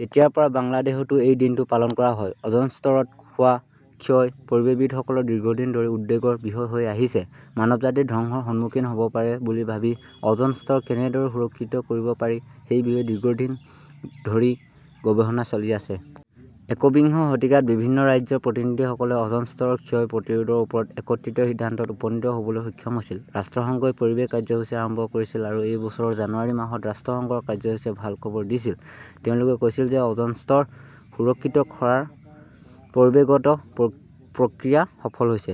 তেতিয়াৰ পৰা বাংলাদেশতো এই দিনটো পালন কৰা হয়। অ'জন স্তৰত হোৱা ক্ষয় পৰিৱেশবিদসকলৰ দীৰ্ঘদিন ধৰি উদ্বেগৰ বিষয় হৈ আহিছে। মানৱজাতি ধ্বংসৰ সন্মুখীন হ'ব পাৰে বুলি ভাবি, অ'জনৰ স্তৰ কেনেদৰে সুৰক্ষিত কৰিব পাৰি সেই বিষয়ে দীৰ্ঘদিন ধৰি গৱেষণা চলি আছে। একবিংশ শতিকাত বিভিন্ন ৰাজ্যৰ প্ৰতিনিধিসকলে অ'জন স্তৰৰ ক্ষয় প্ৰতিৰোধৰ ওপৰত একত্ৰিত সিদ্ধান্তত উপনীত হ'বলৈ সক্ষম হৈছিল। ৰাষ্ট্ৰসংঘই পৰিৱেশ কাৰ্যসূচী আৰম্ভ কৰিছিল আৰু এই বছৰৰ জানুৱাৰী মাহত ৰাষ্ট্ৰসংঘৰ কাৰ্যসূচীয়ে ভাল খবৰ দিছিল। তেওঁলোকে কৈছিল যে অ'জনৰ স্তৰ সুৰক্ষিত কৰাৰ পৰিৱেশগত প্ৰক্ৰিয়া সফল হৈছে।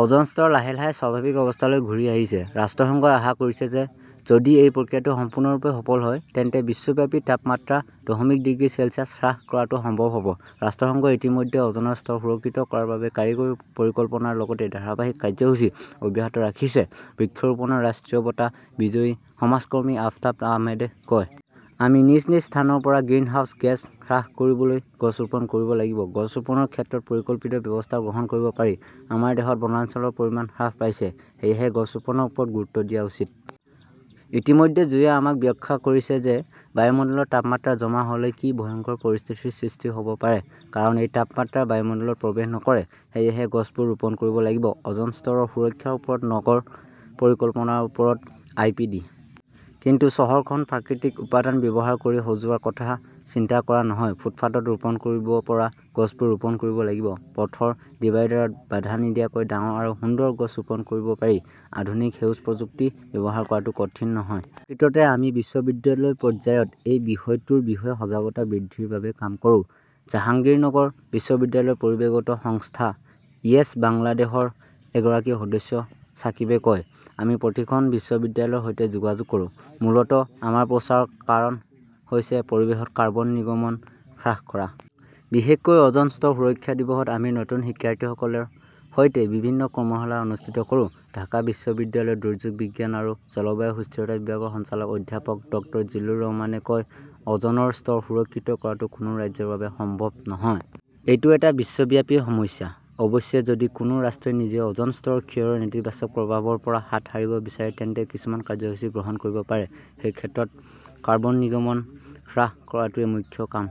অ'জনৰ স্তৰ লাহে লাহে স্বাভাৱিক অৱস্থালৈ ঘূৰি আহিছে। ৰাষ্ট্ৰসংঘই আশা কৰিছে যে যদি এই প্ৰক্ৰিয়াটো সম্পূৰ্ণৰূপে সফল হয়, তেন্তে বিশ্বব্যাপী তাপমাত্ৰা দশমিক ডিগ্ৰী চেলছিয়াছ হ্ৰাস কৰাটো সম্ভৱ হ'ব। ৰাষ্ট্ৰসংঘই ইতিমধ্যে অ'জনৰ স্তৰ সুৰক্ষিত কৰাৰ বাবে কাৰিকৰী পৰিকল্পনাৰ লগতে ধাৰাবাহিক কাৰ্যসূচী অব্যাহত ৰাখিছে, বৃক্ষৰোপণৰ ৰাষ্ট্ৰীয় বঁটা বিজয়ী সমাজ কৰ্মী আফতাব আহমেদে কয়। আমি নিজ নিজ স্থানৰ পৰা গ্ৰিনহাউজ গেছ হ্ৰাস কৰিবলৈ গছ ৰোপণ কৰিব লাগিব। গছ ৰোপণৰ ক্ষেত্ৰত পৰিকল্পিত ব্যৱস্থা গ্ৰহণ কৰিব পাৰি। আমাৰ দেশত বনাঞ্চলৰ পৰিমাণ হ্ৰাস পাইছে। সেয়েহে গছ ৰোপণৰ ওপৰত গুৰুত্ব দিয়া উচিত। ইতিমধ্যে জুইয়ে আমাক ব্যাখ্যা কৰিছে যে বায়ুমণ্ডলত তাপমাত্ৰা জমা হ'লে কি ভয়ংকৰ পৰিস্থিতিৰ সৃষ্টি হ'ব পাৰে। কাৰণ এই তাপমাত্ৰা বায়ুমণ্ডলত প্ৰৱেশ নকৰে। সেয়েহে গছবোৰ ৰোপণ কৰিব লাগিব। অ'জন স্তৰৰ সুৰক্ষাৰ ওপৰত নগৰ পৰিকল্পনাৰ ওপৰত আই পি ডি। কিন্তু চহৰখন প্ৰাকৃতিক উপাদান ব্যৱহাৰ কৰি সজোৱাৰ কথা চিন্তা কৰা নহয়। ফুটপাতত ৰোপণ কৰিব পৰা গছবোৰ ৰোপণ কৰিব লাগিব। পথৰ ডিভাইডাৰত বাধা নিদিয়াকৈ ডাঙৰ আৰু সুন্দৰ গছ ৰোপণ কৰিব পাৰি। আধুনিক সেউজ প্ৰযুক্তি ব্যৱহাৰ কৰাটো কঠিন নহয়। প্ৰকৃততে আমি বিশ্ববিদ্যালয় পৰ্যায়ত এই বিষয়টোৰ বিষয়ে সজাগতা বৃদ্ধিৰ বাবে কাম কৰো, জাহাংগীৰনগৰ বিশ্ববিদ্যালয়ৰ পৰিৱেশগত সংস্থা ইয়েছ বাংলাদেশৰ এগৰাকী সদস্য সাকিবে কয়। আমি প্ৰতিখন বিশ্ববিদ্যালয়ৰ সৈতে যোগাযোগ কৰোঁ। মূলতঃ আমাৰ প্ৰচাৰৰ কাৰণ হৈছে পৰিৱেশত কাৰ্বন নিৰ্গমন হ্ৰাস কৰা। বিশেষকৈ অ'জন স্তৰ সুৰক্ষা দিৱসত আমি নতুন শিক্ষাৰ্থীসকলৰ সৈতে বিভিন্ন কৰ্মশালা অনুষ্ঠিত কৰো। ঢাকা বিশ্ববিদ্যালয়ৰ দুৰ্যোগ বিজ্ঞান আৰু জলবায়ু সুস্থিৰতা বিভাগৰ সঞ্চালক অধ্যাপক ডক্তৰ জিলুৰ ৰহমানে কয়, অ'জনৰ স্তৰ সুৰক্ষিত কৰাটো কোনো ৰাজ্যৰ বাবে সম্ভৱ নহয়। এইটো এটা বিশ্বব্যাপী সমস্যা। অৱশ্যে, যদি কোনো ৰাষ্ট্ৰই নিজেই অ'জন স্তৰৰ ক্ষয়ৰ নেতিবাচক প্ৰভাৱৰ পৰা হাত সাৰিব বিচাৰে, তেন্তে কিছুমান কাৰ্যসূচী গ্ৰহণ কৰিব পাৰে। সেই ক্ষেত্ৰত কাৰ্বন নিৰ্গমন হ্ৰাস কৰাটোৱেই মুখ্য কাম।